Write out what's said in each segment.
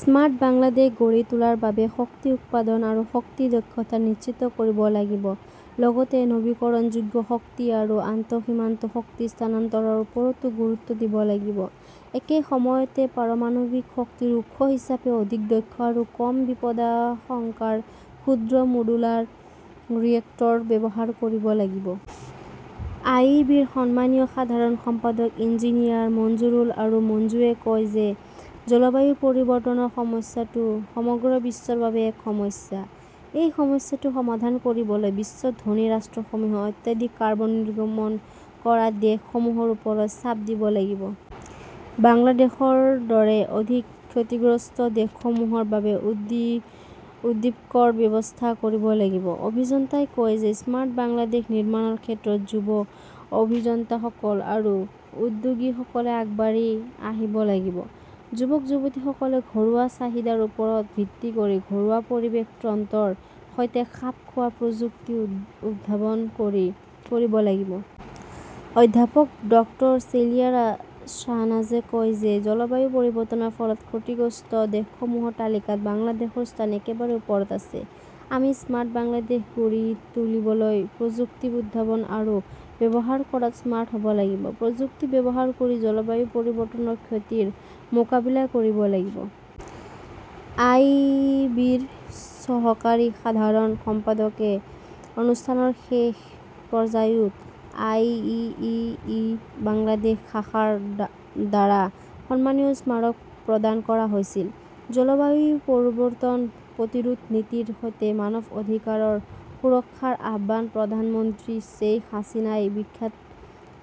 Smart Bangladesh গঢ়ি তোলাৰ বাবে শক্তি উৎপাদন আৰু শক্তি দক্ষতা নিশ্চিত কৰিব লাগিব। লগতে নৱীকৰণযোগ্য শক্তি আৰু আন্তঃসীমান্ত শক্তি স্থানান্তৰৰ ওপৰতো গুৰুত্ব দিব লাগিব। একে সময়তে, পাৰমাণৱিক শক্তিৰ উৎস হিচাপে অধিক দক্ষ আৰু কম বিপদাশংকাৰ ক্ষুদ্ৰ মডুলাৰ ৰিয়েক্টৰ ব্যৱহাৰ কৰিব লাগিব। আই ই বিৰ সন্মানীয় সাধাৰণ সম্পাদক ইঞ্জিনিয়াৰ মঞ্জুৰুল হক মঞ্জুৱে কয় যে, জলবায়ু পৰিৱৰ্তনৰ সমস্যাটো সমগ্ৰ বিশ্বৰ বাবে এক সমস্যা। এই সমস্যাটো সমাধান কৰিবলৈ বিশ্বৰ ধনী ৰাষ্ট্ৰসমূহে অত্যাধিক কাৰ্বন নিৰ্গমন কৰা দেশ সমূহৰ ওপৰত চাপ দিব লাগিব। বাংলাদেশৰ দৰে অধিক ক্ষতিগ্ৰস্ত দেশসমূহৰ বাবে উদ্দীপকৰ ব্যৱস্থা কৰিব লাগিব। অভিযন্তাই কয় যে, স্মাৰ্ট বাংলাদেশ নিৰ্মাণৰ ক্ষেত্ৰত যুৱ অভিযন্তাসকল আৰু উদ্যোগীসকলে আগবাঢ়ি আহিব লাগিব। যুৱক-যুৱতীসকলে ঘৰুৱা চাহিদাৰ ওপৰত ভিত্তি কৰি ঘৰুৱা পৰিৱেশ তন্ত্ৰৰ সৈতে খাপ খোৱা প্ৰযুক্তি উদ্ভাৱন কৰিব লাগিব। অধ্যাপক ডক্টৰ চেলিয়া শ্বাহনাজে কয় যে, জলবায়ু পৰিৱৰ্তনৰ ফলত ক্ষতিগ্ৰস্ত দেশসমূহৰ তালিকাত বাংলাদেশৰ স্থান একেবাৰে ওপৰত আছে। আমি স্মাৰ্ট বাংলাদেশ গঢ়ি তুলিবলৈ প্ৰযুক্তি উদ্ভাৱন আৰু ব্যৱহাৰ কৰাত স্মাৰ্ট হ'ব লাগিব। প্ৰযুক্তি ব্যৱহাৰ কৰি জলবায়ু পৰিৱৰ্তনৰ ক্ষতিৰ মোকাবিলা কৰিব লাগিব। আই ই ই ই বিৰ সহকাৰী সাধাৰণ সম্পাদকে অনুষ্ঠানৰ শেষ পৰ্যায়ত আই ই ই ই বাংলাদেশ শাখাৰ দ্বাৰা সন্মানীয় স্মাৰক প্ৰদান কৰা হৈছিল। "জলবায়ু পৰিৱৰ্তন প্ৰতিৰোধ নীতিৰ সৈতে মানৱ অধিকাৰৰ সুৰক্ষাৰ আহ্বান" প্ৰধানমন্ত্ৰী শ্বেইখ হাছিনাই বিখ্যাত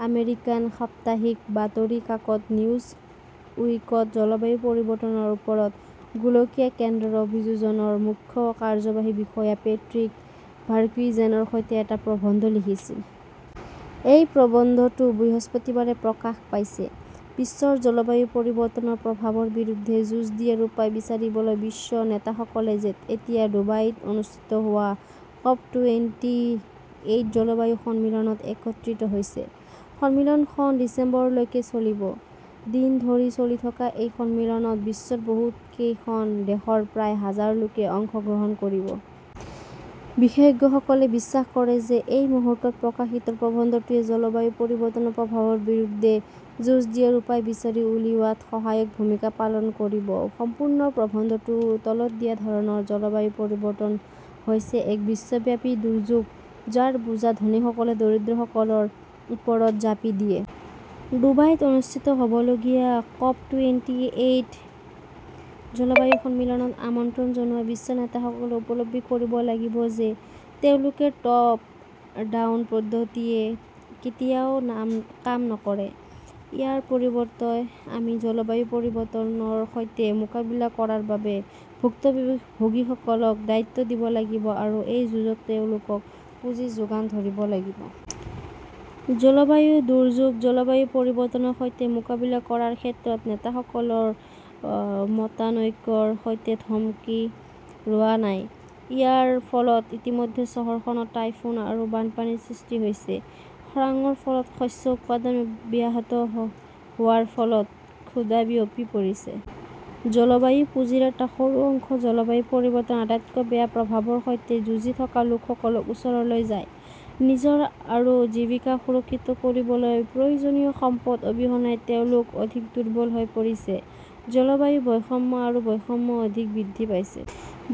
আমেৰিকান সাপ্তাহিক বাতৰি কাকত নিউজ উইকত জলবায়ু পৰিৱৰ্তনৰ ওপৰত গোলকীয় কেন্দ্ৰৰ অভিযোজনৰ মুখ্য কাৰ্যবাহী বিষয়া পেট্ৰিক ভাৰ্কুইজেনৰ সৈতে এটা প্ৰবন্ধ লিখিছিল। এই প্ৰবন্ধটো বৃহস্পতিবাৰে প্ৰকাশ পাইছে। বিশ্বৰ জলবায়ু পৰিৱৰ্তনৰ প্ৰভাৱৰ বিৰুদ্ধে যুঁজ দিয়াৰ উপায় বিচাৰিবলৈ বিশ্ব নেতাসকলে এতিয়া ডুবাইত অনুষ্ঠিত হোৱা ক'প টুৱেন্টি এইট জলবায়ু সন্মিলনত একত্ৰিত হৈছে। সন্মিলনখন ডিচেম্বৰলৈকে চলিব। দিন ধৰি চলি থকা এই সন্মিলনত বিশ্বৰ বহুতকেইখন দেশৰ প্ৰায় হাজাৰ লোকে অংশগ্ৰহণ কৰিব। বিশেষজ্ঞসকলে বিশ্বাস কৰে যে, এই মুহূৰ্তত প্ৰকাশিত প্ৰবন্ধটোৱে জলবায়ু পৰিৱৰ্তনৰ প্ৰভাৱৰ বিৰুদ্ধে যুঁজ দিয়াৰ উপায় বিচাৰি উলিওৱাত সহায়ক ভূমিকা পালন কৰিব। সম্পূৰ্ণ প্ৰবন্ধটো তলত দিয়া ধৰণৰ: জলবায়ু পৰিৱৰ্তন হৈছে এক বিশ্বব্যাপী দুৰ্যোগ, যাৰ বোজা ধনীসকলে দৰিদ্ৰ লোকসকলৰ ওপৰত জাপি দিয়ে। ডুবাইত অনুষ্ঠিত হ'বলগীয়া ক'প টুৱেন্টি এইট জলবায়ু সন্মিলনত আমন্ত্ৰণ জনোৱা বিশ্ব নেতাসকলে উপলব্ধি কৰিব লাগিব যে, তেওঁলোকৰ টপ-ডাউন পদ্ধতিয়ে কেতিয়াও কাম নকৰে। ইয়াৰ পৰিৱৰ্তে আমি জলবায়ু পৰিৱৰ্তনৰ সৈতে মোকাবিলা কৰাৰ বাবে ভুক্তভোগীসকলক দায়িত্ব দিব লাগিব আৰু এই যুঁজত তেওঁলোকক পুঁজি যোগান ধৰিব লাগিব। জলবায়ু দুৰ্যোগ জলবায়ু পৰিৱৰ্তনৰ সৈতে মোকাবিলা কৰাৰ ক্ষেত্ৰত নেতাসকলৰ মতানৈক্যৰ সৈতে থমকি ৰোৱা নাই। ইয়াৰ ফলত ইতিমধ্যে চহৰখনত টাইফুন আৰু বানপানীৰ সৃষ্টি হৈছে। খৰাঙৰ ফলত শস্য উৎপাদন ব্যাহত হোৱাৰ ফলত ক্ষুধা বিয়পি পৰিছে। জলবায়ু পুঁজিৰ এটা সৰু অংশ জলবায়ু পৰিৱৰ্তনৰ আটাইতকৈ বেয়া প্ৰভাৱৰ সৈতে যুঁজি থকা লোকসকলৰ ওচৰলৈ যায়। নিজৰ আৰু জীৱিকা সুৰক্ষিত কৰিবলৈ প্ৰয়োজনীয় সম্পদ অবিহনে তেওঁলোক অধিক দুৰ্বল হৈ পৰিছে। জলবায়ু বৈষম্য আৰু বৈষম্য অধিক বৃদ্ধি পাইছে।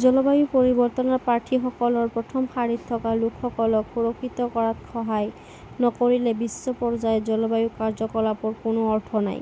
জলবায়ু পৰিৱৰ্তনৰ প্ৰাৰ্থীসকলৰ প্ৰথম শাৰীত থকা লোকসকলক সুৰক্ষিত কৰাত সহায় নকৰিলে বিশ্ব পৰ্যায়ত জলবায়ু কাৰ্যকলাপৰ কোনো অৰ্থ নাই।